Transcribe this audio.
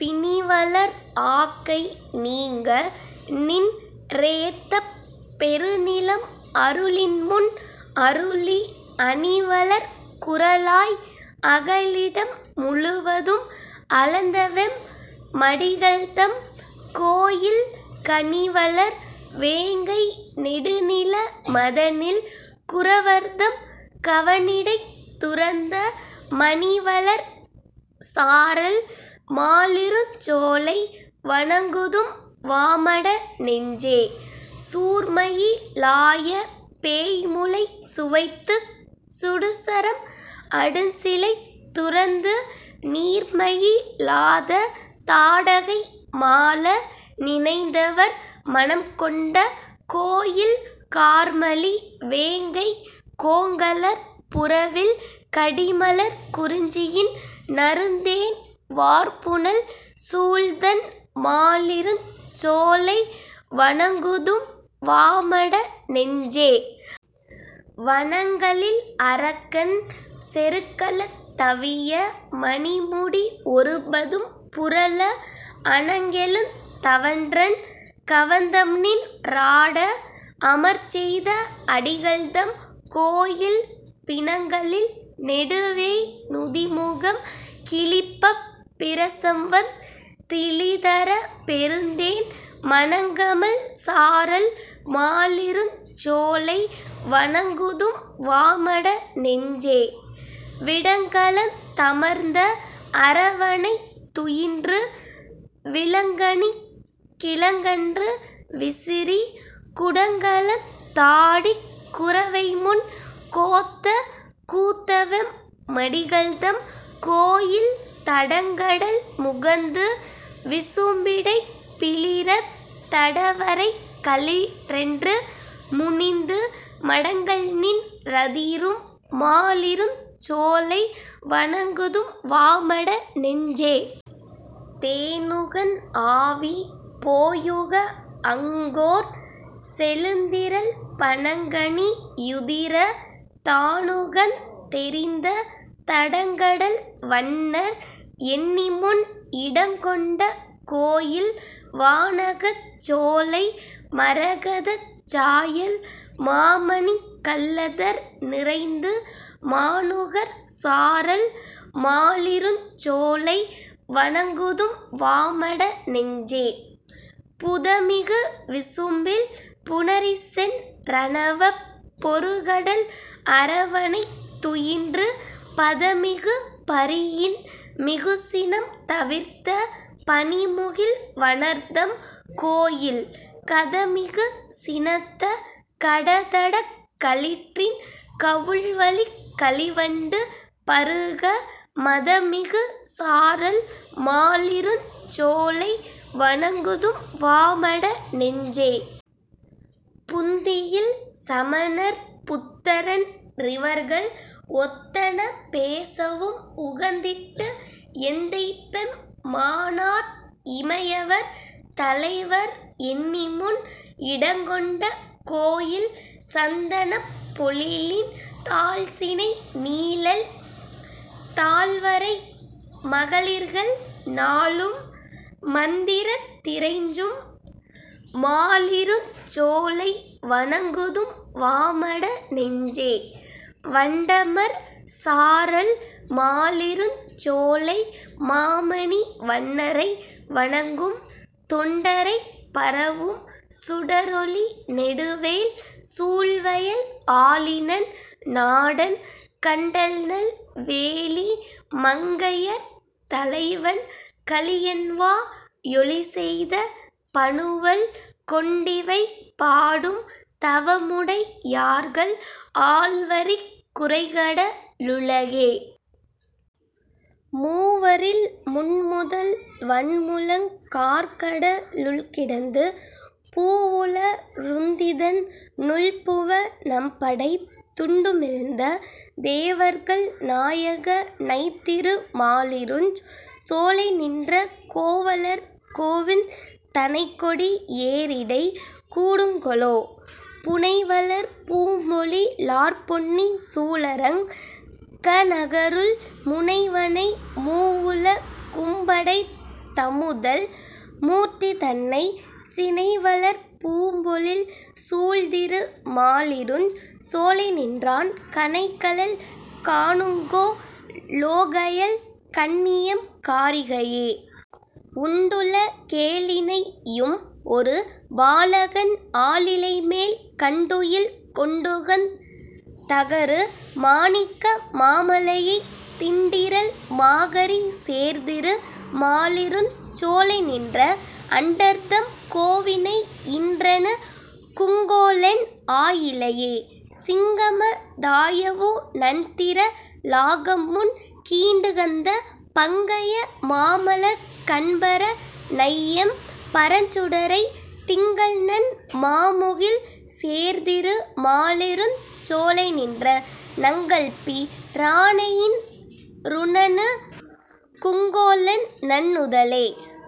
பிணிவளர் ஆக்கை நீங்க நின் றேத்தப் பெருநிலம் அருளின்முன் அருளி அணிவளர் குறளாய் அகலிடம் முழுவதும் அளந்தவெம் மடிகள்தம் கோயில் கணிவளர் வேங்கை நெடுநில மதனில் குறவர்தம் கவணிடைத் துரந்த மணிவளர் சாரல் மாலிருஞ்சோலை வணங்குதும் வாமட நெஞ்சே.. சூர்மயி லாய பேய்முலை சுவைத்துச் சுடுசரம் அடுசிலைத் துரந்து நீர்மையி லாத தாடகை மாள நினைந்தவர் மனம்கொண்ட கோயில் கார்மலி வேங்கை கோங்கலர் புறவில் கடிமலர் குறிஞ்சியின் நறுந்தேன் வார்புனல் சூழ்தண் மாலிருஞ் சோலை வணங்குதும் வாமட நெஞ்சே.. வணங்கலில் அரக்கன் செருக்களத் தவிய மணிமுடி ஒருபதும் புரள அணங்கெழுந் தவன்றன் கவந்தம்நின் றாட அமர்ச்செய்த அடிகள்தம் கோயில் பிணங்கலில் நெடுவேய் நுதிமுகம் கிழிப்பப் பிரசம்வந் திழிதர பெருந்தேன் மணங்கமழ் சாரல் மாலிருஞ் சோலை வணங்குதும் வாமட நெஞ்சே.. விடங்கலந் தமர்ந்த அரவணைத் துயின்று விளங்கனிக் கிளங்கன்று விசிறி, குடங்கலந் தாடிக் குரவைமுன் கோத்த கூத்தவெம் மடிகள்தம் கோயில் தடங்கடல் முகந்து விசும்பிடைப் பிளிறத் தடவரைக் களிறென்று முனிந்து மடங்கல்நின் றதிரும் மாலிருஞ் சோலை வணங்குதும் வாமட நெஞ்சே.. தேனுகன் ஆவி போயுக அங்கோர் செழுந்திரள் பனங்கனி யுதிர தானுகந் தெறிந்த தடங்கடல் வண்ணர் எண்ணிமுன் இடங்கொண்ட கோயில், வானகச் சோலை மரகதச் சாயல் மாமணிக் கல்லதர் நிறைந்து, மானுகர் சாரல் மாலிருஞ் சோலை வணங்குதும் வாமட நெஞ்சே.. புதமிகு விசும்பில் புணரிசென் றணவப் பொருகடல் அரவணைத் துயின்று, பதமிகு பரியின் மிகுசினம் தவிர்த்த பனிமுகில் வண்ணர்தம் கோயில், கதமிகு சினத்த கடதடக் களிற்றின் கவுள்வழிக் களிவண்டு பருக, மதமிகு சாரல் மாலிருஞ் சோலை வணங்குதும் வாமட நெஞ்சே.. புந்தியில் சமணர் புத்தரென் றிவர்கள் ஒத்தன பேசவும் உகந்திட்டு, எந்தைபெம் மானார் இமையவர் தலைவர் எண்ணிமுன் இடங்கொண்ட கோயில், சந்தனப் பொழிலின் தாழ்சினை நீழல் தாழ்வரை மகளிர்கள் நாளும், மந்திரத் திறைஞ்சும் மாலிருஞ் சோலை வணங்குதும் வாமட நெஞ்சே.. வண்டமர் சாரல் மாலிருஞ் சோலை மாமணி வண்ணரை வணங்கும், தொண்டரைப் பரவும் சுடரொளி நெடுவேல் சூழ்வயல் ஆலிநன் னாடன் கண்டல்நல் வேலி மங்கையர் தலைவன் கலியன்வா யொலிசெய்த பனுவல், கொண்டிவை பாடும் தவமுடை யார்கள் ஆள்வரிக் குரைகட லுலகே. மூவரில் முன்முதல் வன்முழங் கார்கட லுள்கிடந்து, பூவுல ருந்திதன் னுள்புவ னம்படைத் துண்டுமிழ்ந்த, தேவர்கள் நாயக னைத்திரு மாலிருஞ் சோலைநின்ற, கோவலர் கோவிந் தனைக்கொடி யேரிடை கூடுங்கொலோ.. புனைவளர் பூம்பொழி லார்பொன்னி சூழரங் கநகருள் முனைவனை, மூவுல கும்படைத் தமுதல் மூர்த்திதன்னை, சினைவளர் பூம்பொழில் சூழ்திரு மாலிருஞ் சோலைநின்றான் கனைகழல் காணுங்கொ லோகயல் கண்ணியெம் காரிகையே.. உண்டுல கேழினை யும் ஒரு பாலகன் ஆலிலைமேல், கண்டுயில் கொண்டுகந் தகரு மாணிக்க மாமலையை, திண்டிறல் மாகரி சேர்திரு மாலிருஞ் சோலைநின்ற, அண்டர்தம் கோவினை யின்றணு குங்கொலென் ஆயிழையே.. சிங்கம தாயவு ணன்திற லாகம்முன் கீண்டுகந்த, பங்கய மாமலர்க் கண்பர னையெம் பரஞ்சுடரை, திங்கள்நன் மாமுகில் சேர்திரு மாலிருஞ் சோலைநின்ற, நங்கள்பி ரானையின் றுநணு குங்கொலென் நன்னுதலே.